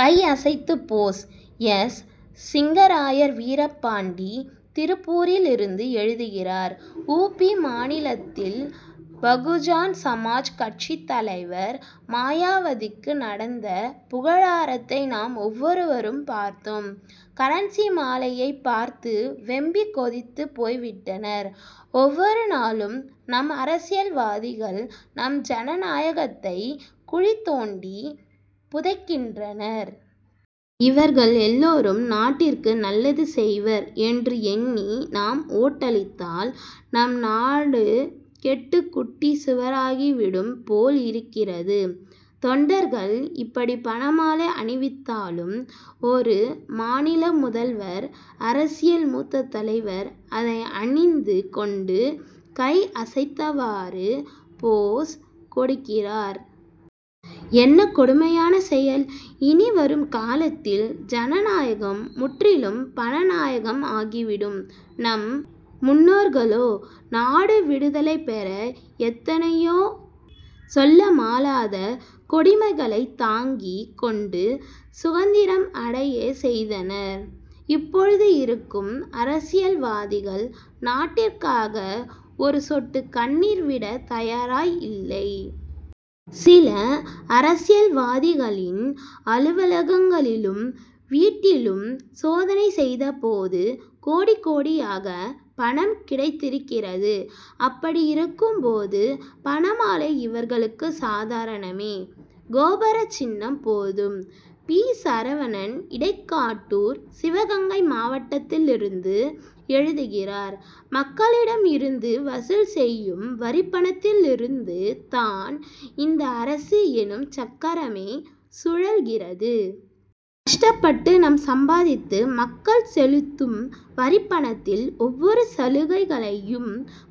கை அசைத்து pose S. Singarayar Veerapandi திருப்பூரிலிருந்து எழுதுகிறார் உ. பி. மாநிலத்தில் பகுஜன் சமாஜ் கட்சித் தலைவர் மாயாவதிக்கு நடந்த புகழாரத்தை நாம் ஒவ்வொருவரும் பார்த்தோம். கரன்சி மாலையைப் பார்த்து வெம்பி கொதித்து போய்விட்டனர். ஒவ்வொரு நாளும் நம் அரசியல்வாதிகள் நம் ஜனநாயகத்தை குழி தோண்டி புதைக்கின்றனர். இவர்கள் எல்லாரும் நாட்டிற்கு நல்லது செய்வர் என்று எண்ணி நாம் ஓட்டளித்தால் நம் நாடு கெட்டு குட்டிச் சுவராகிவிடும் போல் இருக்கிறது. தொண்டர்கள் இப்படி பணமாலை அணிவித்தாலும் ஒரு மாநில முதல்வர் அரசியல் மூத்த தலைவர் அதை அணிந்து கொண்டு கை அசைத்தவாறு போஸ் கொடுக்கிறார். என்ன கொடுமையான செயல்? இனிவரும் காலத்தில் ஜனநாயகம் முற்றிலும் பணநாயகம் ஆகிவிடும். நம் முன்னோர்களோ நாடு விடுதலை பெற எத்தனையோ சொல்ல மாளாத கொடுமைகளை தாங்கிக் கொண்டு சுதந்திரம் அடைய செய்தனர். இப்போது இருக்கும் அரசியல்வாதிகள் நாட்டிற்காக ஒரு சொட்டு கண்ணீர் விடத் தயாராய் இல்லை. சில அரசியல்வாதிகளின் அலுவலகங்களிலும் வீட்டிலும் சோதனை செய்தபோது கோடி கோடியாக பணம் கிடைத்திருக்கிறது. அப்படி இருக்கும் போது பணமாலை இவர்களுக்கு சாதாரணமே. கோபுர சின்னம் போதும்! பி. சரவணன் இடைக்காட் டூர் சிவகங்கை மாவட்டத்திலிருந்து எழுதுகிறார்: மக்களிடம் இருந்து வசூல் செய்யும் வரிப்பணத்திலிருந்து தான் இந்த அரசு எனும் சக்கரமே சுழல்கிறது. கஷ்டப்பட்டு சம் பாதித்து மக்கள் செலுத்தும் வரிப்பணத்தில் ஒவ்வொரு சலுகைகளையும்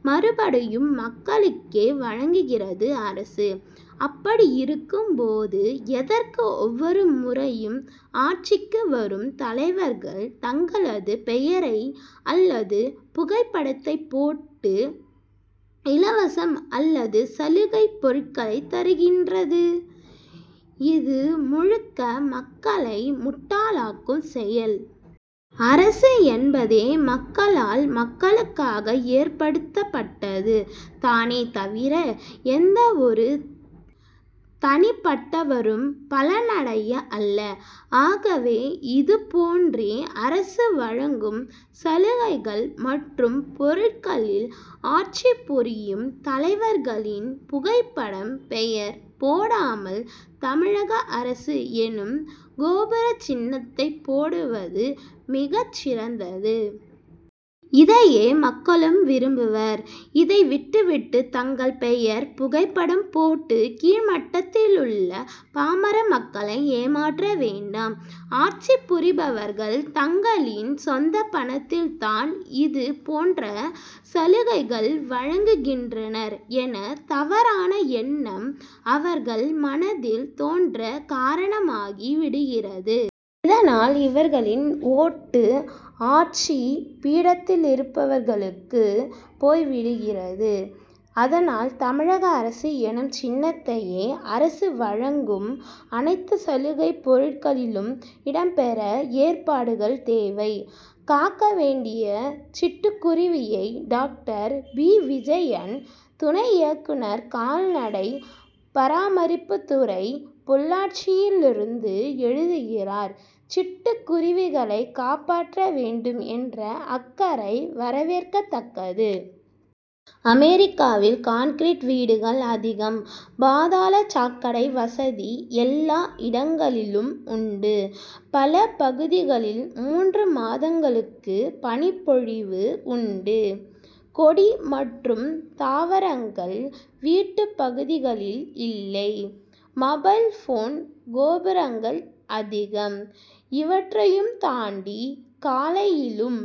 மறுபடியும் மக்களுக்கே வழங்குகிறது அரசு. அப்படி இருக்கும் போது எதற்கு ஒவ்வொரு முறையும் ஆட்சிக்கு வரும் தலைவர்கள் தங்களது பெயரை அல்லது புகைப்படத்தைப் போட்டு இலவசம் அல்லது சலுகைப் பொருட்களை தருகின்றது .இது முழுக்க மக்களை முட்டாளாக்கும் செயல். அரசு என்பதே மக்களால் மக்களுக்காக ஏற்படுத்தப்பட்டது தானே தவிர எந்த ஒரு தனிப்பட்டவரும் பலனடைய அல்ல. ஆகவே இதுபோன்று அரசு வழங்கும் சலுகைகள் மற்றும் பொருட்களில் ஆட்சி புரியும் தலைவர்களின் புகைப்படம் பெயர் போடாமல் தமிழக அரசு எனும் கோபுர சின்னத்தை போடுவது மிகச் சிறந்தது. இதையே மக்களும் விரும் புவர். இதை விட்டு விட்டு தங்கள் பெயர் புகைப்படம் போட்டு கீழ்மட்டத்திலுள்ள பாமர மக்களை ஏமாற்ற வேண்டாம். ஆட்சி புரிபவர்கள் தங்களின் சொந்த பணத்தில் தான் இது போன்ற சலுகைகள் வழங்குகின்றனர் என தவறான எண்ணம் அவர்கள் மனதில் தோன்ற காரணமாகி விடுகிறது. இதனால் இவர்களின் ஓட்டு ஆட்சி பீடத்திலிருப்பவர்களுக்கு போய்விடுகிறது. அதனால் தமிழக அரசு எனும் சின்னத்தையே அரசு வழங்கும் அனைத்து சலுகை பொருட்களிலும் இடம் பெற ஏற்பாடுகள் தேவை. காக்க வேண்டும் சிட்டு குருவியை டாக்டர் பி. விஜயன் துணை இயக்குனர் கால்நடை பராமரிப்புத் துறை பொள்ளாச்சியிலிருந்து எழுதுகிறார் சிட்டுக் குருவிகளை காப்பாற்ற வேண்டும் என்ற அக்கறை வரவேற்கத்தக்கது. அமெரிக்காவில் கான்கிரீட் வீடுகள் அதிகம். பாதாள சாக்கடை வசதி எல்லா இடங்களிலும் உண்டு. பல பகுதிகளில் மூன்று மாதங்களுக்கு பனிப் பொழிவு உண்டு. கொடி மற்றும் தாவரங்கள் வீட்டுப் பகுதிகளில் இல்லை; மொபைல் போன் கோபுரங்கள் அதிகம். இவற்றையும் தாண்டி காலையிலும்